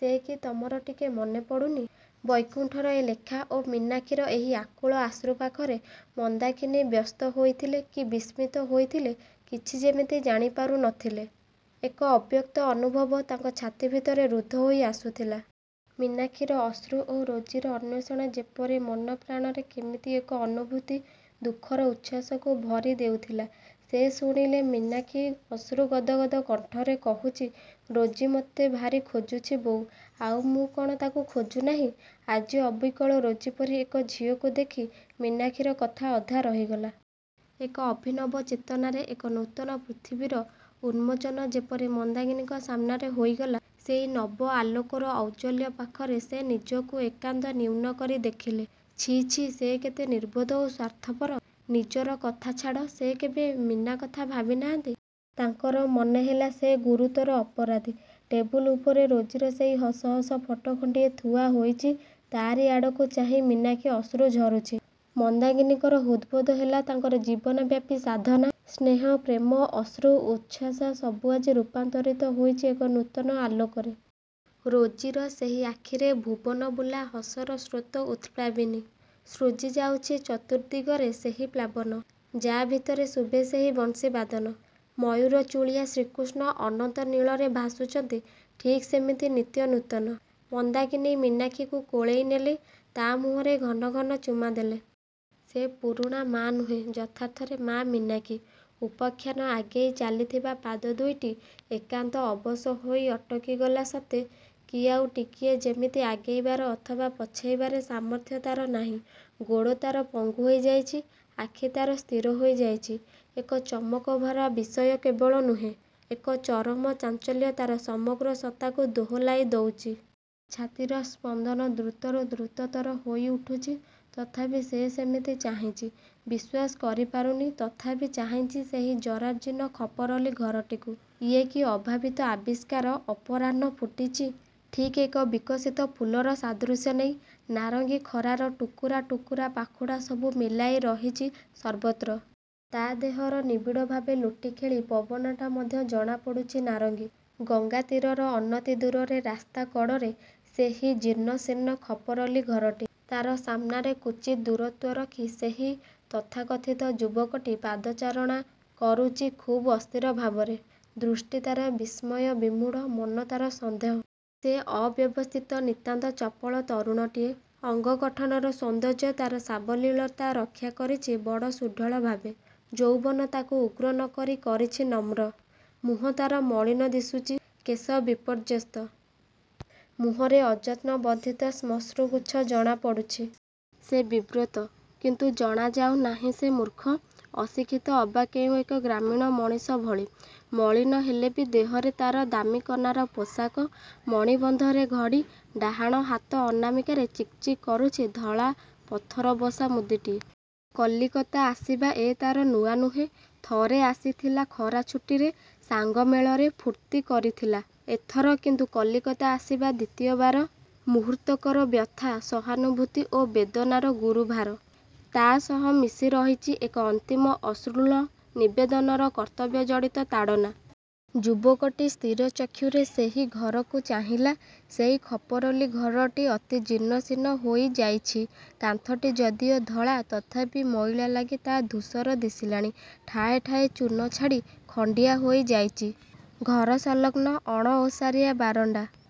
ସେ କି ତମର ଟିକେ ମନେ ପଡ଼ୁନି? ବୈକୁଣ୍ଠର ଏ ଲେଖା ଓ ମୀନାକ୍ଷୀର ଏହି ଆକୁଳ ଆଶ୍ରୁ ପାଖରେ ମନ୍ଦାକିନୀ ବ୍ୟସ୍ତ ହୋଇଥିଲେ କି ବିସ୍ମିତ ହୋଇଥିଲେ କିଛି ଯେମିତି ଜାଣି ପାରୁ ନ ଥିଲେ। ଏକ ଅବ୍ୟକ୍ତ ଅନୁଭବ ତାଙ୍କ ଛାତି ଭିତରେ ରୁଦ୍ଧ ହେଇ ଆସୁଥିଲା। ମୀନାକ୍ଷୀର ଅଶ୍ରୁ ଓ ରୋଜିର ଅନ୍ୱେଷଣ ଯେପରି ମନପ୍ରାଣରେ କେମିତି ଏକ ଅନୁଭୂତି ଦୁଃଖର ଉଚ୍ଛ୍ୱାସକୁ ଭରି ଦେଉଥିଲା। ସେ ଶୁଣିଲେ, ମୀନାକ୍ଷୀ ଅଶ୍ରୁ ଗଦଗଦ କଣ୍ଠରେ କହୁଚି ରୋଜି ମତେ ଭାରୀ ଖୋଜୁଚି ବୋଉ। ଆଉ ମୁଁ କଣ ତାକୁ ଖୋଜୁନାହିଁ? ଆଜି ଅବିକଳ ରୋଜି ପରି ଏକ ଝିଅକୁ ଦେଖି ମୀନାକ୍ଷୀର କଥା ଅଧା ରହିଗଲା । ଏକ ଅଭିନବ ଚେତନାରେ ଏକ ନୂତନ ପୃଥିବୀର ଉନ୍ମୋଚନ ଯେପରି ମନ୍ଦାକିନୀଙ୍କ ସାମନାରେ ହୋଇଗଲା। ସେଇ ନବ ଆଲୋକର ଔଜ୍ଜ୍ୱଲ୍ୟ ପାଖରେ ସେ ନିଜକୁ ଏକାନ୍ତ ନ୍ୟୁନ କରି ଦେଖିଲେ, ଛିଃ ଛିଃ ସେ କେତେ ନିର୍ବୋଧ ଓ ସ୍ୱାର୍ଥପର। ନିଜର କଥା ଛଡ଼ା କେବେ ସେ ମୀନା କଥା ଭାବି ନାହାନ୍ତି। ତାଙ୍କର ମନେ ହେଲା ସେ ଗୁରୁତର ଅପରାଧୀ। ଟେବୁଲ ଉପରେ ରୋଜିର ସେହି ହସ ହସ ଫଟୋ ଖଣ୍ଡିକ ଥୁଆ ହୋଇଚି। ତାରି ଆଡ଼କୁ ଚାହିଁ ମୀନାକ୍ଷୀ ଅଶ୍ରୁ ଝରୁଛି। ମନ୍ଦାକିନୀଙ୍କର ହୃଦବୋଧ ହେଲା ତାଙ୍କର ଜୀବନବ୍ୟାପୀ ସାଧନା, ସ୍ନେହ, ପ୍ରେମ, ଅଶ୍ରୁ ଉଚ୍ଛ୍ୱାସ ସବୁ ଆଜି ରୂପାନ୍ତରିତ ହୋଇଚି ଏକ ନୂତନ ଆଲୋକରେ। ରୋଜିର ସେହି ଆଖିରେ ଭୁବନଭୁଲା ହସର ସ୍ରୋତ ଉତପ୍ଲାବିନୀ। ସୃଜି ଯାଉଚି ଚତୁର୍ଦ୍ଦିଗରେ ସେହି ପ୍ଲାବନ, ଯା ଭିତରେ ଶୁଭେ ସେହି ବଂଶୀବାଦନ, ମୟୂରଚୂଳିଆ ଶ୍ରୀକୃଷ୍ଣ ଅନନ୍ତ ନୀଳରେ ଭାସୁଚନ୍ତି ଠିକ୍ ସେମିତି, ନିତ୍ୟ ନୂତନ। ମନ୍ଦାକିନୀ ମୀନାକ୍ଷୀକୁ କୋଳେଇ ନେଲେ। ତା ମୁହଁରେ ଘନ ଘନ ଚୁମା ଦେଲେ। ସେ ପୁରୁଣା ମା ନୁହଁନ୍ତି ଯଥାର୍ଥରେ ମାଆ ମୀନାକ୍ଷୀ। ଉପାଖ୍ୟାନ ଆଗେଇ ଚାଲିଥିବା ପାଦ ଦୁଇଟି ଏକାନ୍ତ ଅବଶ ହୋଇ ଅଟକିଗଲା ସତେ କି ଆଉ ଟିକିଏ ଯେମିତି ଆଗେଇବାର ଅଥବା ପଛେଇବାରେ ସାମର୍ଥ୍ୟ ତାର ନାହିଁ। ଗୋଡ଼ ତାର ପଙ୍ଗୁ ହୋଇଯାଇଚି, ଆଖି ତାର ସ୍ଥିର ହୋଇଯାଇଚି, ଏକ ଚମକଭରା ବିସୟ କେବଳ ନୁହେଁ, ଏକ ଚରମ ଚାଞ୍ଚଲ୍ୟ ତାର ସମଗ୍ର ସତ୍ତାକୁ ଦୋହଲାଇ ଦଉଚି। ଛାତିର ସ୍ପନ୍ଦନ ଦ୍ରୁତରୁ ଦ୍ରୁତତର ହୋଇଉଠୁଚି। ତଥାପି ସେ ସେମିତି ଚାହିଁଚି। ବିଶ୍ୱାସ କରିପାରୁନି, ତଥାପି ଚାହିଁଛି ସେହି ଜରାଜୀର୍ଣ୍ଣ ଖପରଲି ଘରଟିକୁ। ଏ କି ଅଭାବିତ ଆବିଷ୍କାର, ଅପରାହ୍ନଣ ଫୁଟିଛି। ଠିକ୍ ଏକ ବିକଶିତ ଫୁଲର ସାଦୃଶ୍ୟ ନେଇ ନାରଙ୍ଗୀ ଖରାର ଟୁକୁରା ଟୁକୁରା ପାଖୁଡ଼ା ସବୁ ମେଲାଇ ରହିଚି ସର୍ବତ୍ର । ତା ଦେହର ନିବିଡ଼ ଭାବେ ଲୋଟି ଖେଳି ପବନଟା ମଧ୍ୟ ଜଣାପଡ଼ୁଛି ନାରଙ୍ଗୀ । ଗଙ୍ଗାତୀରର ଅନତିଦୂରରେ, ରାସ୍ତା କଡ଼ରେ ସେହି ଜୀର୍ଣ୍ଣଶୀର୍ଣ୍ଣ ଖପରଲି ଘରଟି। ତାର ସାମ୍ନାରେ କ୍ଵଚିତ୍ ଦୂରତ୍ୱ ରଖି ସେହି ତଥାକଥିତ ଯୁବକଟି ପଦଚାରଣା କରୁଚି ଖୁବ୍ ଅସ୍ଥିର ଭାବେ। ଦୃଷ୍ଟି ତାର ବିସ୍ମୟ ବିମୂଢ଼, ମନରେ ତାର ସନ୍ଦେହ। ସେ ଅବ୍ୟବସ୍ଥିତ ନିତାନ୍ତ ଚପଳ ତରୁଣଟିଏ। ଅଙ୍ଗ ଗଠନର ସୌନ୍ଦର୍ଯ୍ୟ ତାର ସାବଲୀଳତା ରକ୍ଷା କରିଚି ବଡ଼ ସୁଢ଼ଳଭାବେ । ଯୌବନ ତାକୁ ଉଗ୍ର ନ କରି କରିଛି ନମ୍ର । ମୁହଁ ତାର ମଳିନ ଦିଶୁଚି, କେଶ ବିପର୍ଯ୍ୟସ୍ତ। ମୁହଁରେ ଅଯତ୍ନବର୍ଦ୍ଧିତ ଶ୍ମଶ୍ରୁଗୁଚ୍ଛ। ଜଣାପଡ଼ୁଛି । ସେ ବିବ୍ରତ, କିନ୍ତୁ ଜଣାଯାଉ ନାହିଁ ସେ ମୂର୍ଖ, ଅଶିକ୍ଷିତ ଅବା କେଉଁ ଏକ ଗ୍ରାମୀଣ ମଣିଷ ଭଳି। ମଳିନ ହେଲେ ବି ଦେହରେ ତାର ଦାମି କନାର ପୋଷାକ। ମଣିବନ୍ଧରେ ଘଡ଼ି, ଡାହାଣ ହାତ ଅନାମିକାରେ ଚିକ୍ ଚିକ୍ କରୁଛି ଧଳା ପଥରବସା ମୁଦିଟିଏ। କଲିକତା ଆସିବା ଏ ତାର ନୂଆ ନୁହେଁ। ଥରେ ଆସିଥିଲା ଖରାଛୁଟିରେ ,ସାଙ୍ଗମେଳରେ ଫୁର୍ତ୍ତି କରିଥିଲା। ଏଥର କିନ୍ତୁ କଲିକତା ଆସିବା ଦ୍ଵିତୀୟ ବାର। ମୁହୂର୍ତ୍ତକର ବ୍ୟଥା, ସହାନୁଭୂତି ଓ ବେଦନାର ଗୁରୁଭାର। ତା ସହ ମିଶି ରହିଚି ଏକ ଅନ୍ତିମ ଅଶ୍ରୁଳ ନିବେଦନର କର୍ତ୍ତବ୍ୟଜଡ଼ିତ ତାଡ଼ନା। ଯୁବକଟି ସ୍ଥିରଚକ୍ଷୁରେ ସେହି ଘରକୁ ଚାହିଁଲା। ସେହି ଖପରଲି ଘରଟି ଅତିଜୀର୍ଣ୍ଣ, ଶୀର୍ଣ୍ଣ ହୋଇଯାଇଛି। କାନ୍ଥଟି ଯଦିଓ ଧଳା, ତଥାପି ମଇଳା ଲାଗି ତାହା ଧୂସର ଦିଶିଲାଣି, ଠାଏ ଠାଏ ଚୂନ ଛାଡ଼ି ଖଣ୍ଡିଆ ହୋଇ ଯାଇଚି। ଘରସଂଲଗ୍ନ ଅଣଓସାରି ବାରଣ୍ଡା।